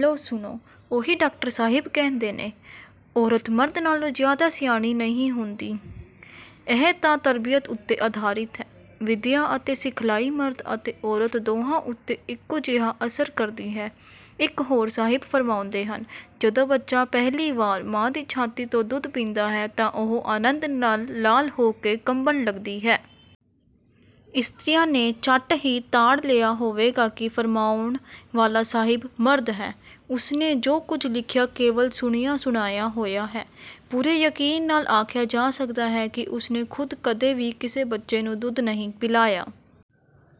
ਲਓ ਸੁਣੋ, ਉਹੀ ਡਾਕਟਰ ਸਾਹਿਬ ਕਹਿੰਦੇ ਨੇ--ਔਰਤ ਮਰਦ ਨਾਲੋਂ ਜ਼ਿਆਦਾ ਸਿਆਣੀ ਨਹੀਂ ਹੁੰਦੀ। ਇਹ ਤਾਂ ਤਰਬੀਅਤ ਉੱਤੇ ਆਧਾਰਿਤ ਹੈ। ਵਿੱਦਿਆ ਅਤੇ ਸਿਖਲਾਈ ਮਰਦ ਅਤੇ ਔਰਤ ਦੋਹਾਂ ਉੱਤੇ ਇੱਕੋ ਜਿਹਾ ਅਸਰ ਕਰਦੀ ਹੈ। ਇੱਕ ਹੋਰ ਸਾਹਿਬ ਫ਼ਰਮਾਉਂਦੇ ਹਨ: 'ਜਦੋਂ ਬੱਚਾ ਪਹਿਲੀ ਵਾਰ ਮਾਂ ਦੀ ਛਾਤੀ ਤੋਂ ਦੁੱਧ ਪੀਂਦਾ ਹੈ ਤਾਂ ਉਹ ਆਨੰਦ ਨਾਲ ਲਾਲ ਹੋ ਕੇ ਕੰਬਣ ਲੱਗਦੀ ਹੈ।' ਇਸਤਰੀਆਂ ਨੇ ਝੱਟ ਹੀ ਤਾੜ ਲਿਆ ਹੋਵੇਗਾ ਕਿ ਫ਼ਰਮਾਉਣ ਵਾਲਾ ਸਾਹਿਬ 'ਮਰਦ' ਹੈ। ਉਸਨੇ ਜੋ ਕੁਝ ਲਿਖਿਆ ਕੇਵਲ ਸੁਣਿਆ-ਸੁਣਾਇਆ ਹੋਇਆ ਹੈ। ਪੂਰੇ ਯਕੀਨ ਨਾਲ ਆਖਿਆ ਜਾ ਸਕਦਾ ਹੈ ਕਿ ਉਸਨੇ ਖੁਦ ਕਦੇ ਵੀ ਕਿਸੇ ਬੱਚੇ ਨੂੰ ਦੁੱਧ ਨਹੀਂ ਪਿਲਾਇਆ।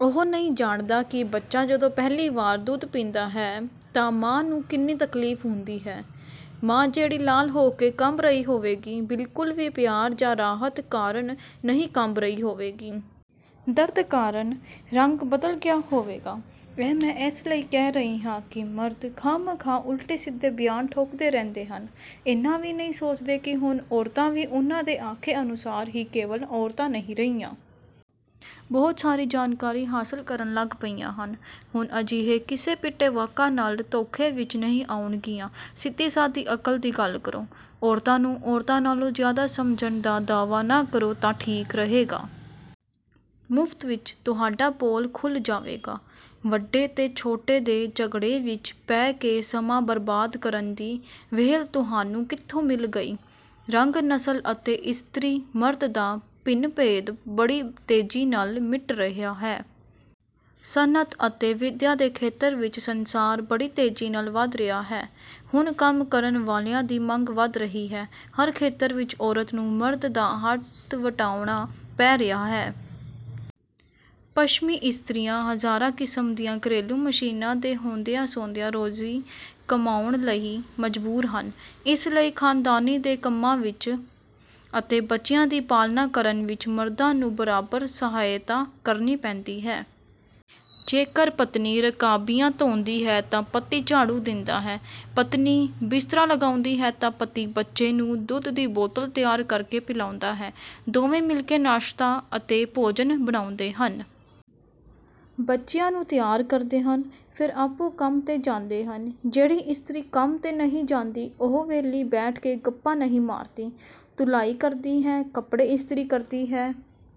ਉਹ ਨਹੀਂ ਜਾਣਦਾ ਕਿ ਬੱਚਾ ਜਦੋਂ ਪਹਿਲੀ ਵਾਰ ਦੁੱਧ ਪੀਂਦਾ ਹੈ ਤਾਂ ਮਾਂ ਨੂੰ ਕਿੰਨੀ ਤਕਲੀਫ਼ ਹੁੰਦੀ ਹੈ। ਮਾਂ, ਜਿਹੜੀ 'ਲਾਲ' ਹੋ ਕੇ ਕੰਬ ਰਹੀ ਹੋਵੇਗੀ, ਬਿਲਕੁਲ ਵੀ ਪਿਆਰ ਜਾਂ ਰਾਹਤ ਕਾਰਨ ਨਹੀਂ ਕੰਬ ਰਹੀ ਹੋਵੇਗੀ। ਦਰਦ ਕਾਰਨ ਰੰਗ ਬਦਲ ਗਿਆ ਹੋਵੇਗਾ। ਇਹ ਮੈਂ ਇਸ ਲਈ ਕਹਿ ਰਹੀ ਹਾਂ ਕਿ ਮਰਦ ਖਾਹ-ਮਖਾਹ ਉਲਟੇ-ਸਿੱਧੇ ਬਿਆਨ ਠੋਕਦੇ ਰਹਿੰਦੇ ਹਨ। ਇੰਨਾ ਵੀ ਨਹੀਂ ਸੋਚਦੇ ਕਿ ਹੁਣ ਔਰਤਾਂ ਵੀ ਉਹਨਾਂ ਦੇ ਆਖੇ ਅਨੁਸਾਰ ਹੀ ਕੇਵਲ ਔਰਤਾਂ ਨਹੀਂ ਰਹੀਆਂ। ਬਹੁਤ ਸਾਰੀ ਜਾਣਕਾਰੀ ਹਾਸਲ ਕਰਨ ਲੱਗ ਪਈਆਂ ਹਨ। ਹੁਣ ਅਜਿਹੇ ਘਿਸੇ-ਪਿਟੇ ਵਾਕਾਂ ਨਾਲ ਧੋਖੇ ਵਿੱਚ ਨਹੀਂ ਆਉਣਗੀਆਂ। ਸਿੱਧੀ-ਸਾਦੀ ਅਕਲ ਦੀ ਗੱਲ ਕਰੋ। ਔਰਤਾਂ ਨੂੰ ਔਰਤਾਂ ਨਾਲੋਂ ਜ਼ਿਆਦਾ ਸਮਝਣ ਦਾ ਦਾਅਵਾ ਨਾ ਕਰੋ ਤਾਂ ਠੀਕ ਰਹੇਗਾ। ਮੁਫ਼ਤ ਵਿੱਚ ਤੁਹਾਡਾ ਪੋਲ ਖੁੱਲ੍ਹ ਜਾਵੇਗਾ। ਵੱਡੇ ਤੇ ਛੋਟੇ ਦੇ ਝਗੜੇ ਵਿੱਚ ਪੈ ਕੇ ਸਮਾਂ ਬਰਬਾਦ ਕਰਨ ਦੀ ਵਿਹਲ ਤੁਹਾਨੂੰ ਕਿੱਥੋਂ ਮਿਲ ਗਈ। ਰੰਗ, ਨਸਲ ਅਤੇ ਇਸਤਰੀ-ਮਰਦ ਦਾ ਭਿੰਨ-ਭੇਦ ਬੜੀ ਤੇਜ਼ੀ ਨਾਲ ਮਿਟ ਰਿਹਾ ਹੈ। ਸਨਅਤ ਅਤੇ ਵਿੱਦਿਆ ਦੇ ਖੇਤਰ ਵਿੱਚ ਸੰਸਾਰ ਬੜੀ ਤੇਜ਼ੀ ਨਾਲ ਵੱਧ ਰਿਹਾ ਹੈ। ਹੁਣ ਕੰਮ ਕਰਨ ਵਾਲਿਆਂ ਦੀ ਮੰਗ ਵੱਧ ਰਹੀ ਹੈ। ਹਰ ਖੇਤਰ ਵਿੱਚ ਔਰਤ ਨੂੰ ਮਰਦ ਦਾ ਹੱਥ ਵਟਾਉਣਾ ਪੈ ਰਿਹਾ ਹੈ। ਪੱਛਮੀ ਇਸਤਰੀਆਂ, ਹਜ਼ਾਰਾਂ ਕਿਸਮ ਦੀਆਂ ਘਰੇਲੂ ਮਸ਼ੀਨਾਂ ਦੇ ਹੁੰਦਿਆਂ-ਸੁੰਦਿਆਂ, ਰੋਜ਼ੀ ਕਮਾਉਣ ਲਈ ਮਜਬੂਰ ਹਨ। ਇਸ ਲਈ ਖਾਨਦਾਨੀ ਦੇ ਕੰਮਾਂ ਵਿੱਚ ਅਤੇ ਬੱਚਿਆਂ ਦੀ ਪਾਲਣਾ ਕਰਨ ਵਿੱਚ ਮਰਦਾਂ ਨੂੰ ਬਰਾਬਰ ਸਹਾਇਤਾ ਕਰਨੀ ਪੈਂਦੀ ਹੈ। ਜੇਕਰ ਪਤਨੀ ਰਕਾਬੀਆਂ ਧੋਂਦੀ ਹੈ ਤਾਂ ਪਤੀ ਝਾੜੂ ਦਿੰਦਾ ਹੈ। ਪਤਨੀ ਬਿਸਤਰਾ ਲਗਾਉਂਦੀ ਹੈ ਤਾਂ ਪਤੀ ਬੱਚੇ ਨੂੰ ਦੁੱਧ ਦੀ ਬੋਤਲ ਤਿਆਰ ਕਰਕੇ ਪਿਲਾਉਂਦਾ ਹੈ। ਦੋਵੇਂ ਮਿਲ ਕੇ ਨਾਸ਼ਤਾ ਅਤੇ ਭੋਜਨ ਬਣਾਉਂਦੇ ਹਨ। ਬੱਚਿਆਂ ਨੂੰ ਤਿਆਰ ਕਰਦੇ ਹਨ। ਫਿਰ ਆਪੂੰ ਕੰਮ 'ਤੇ ਜਾਂਦੇ ਹਨ। ਜਿਹੜੀ ਇਸਤਰੀ ਕੰਮ 'ਤੇ ਨਹੀਂ ਜਾਂਦੀ, ਉਹ ਵਿਹਲੀ ਬੈਠ ਕੇ ਗੱਪਾਂ ਨਹੀਂ ਮਾਰਦੀ। ਧੁਲਾਈ ਕਰਦੀ ਹੈ, ਕੱਪੜੇ ਇਸਤਰੀ ਕਰਦੀ ਹੈ।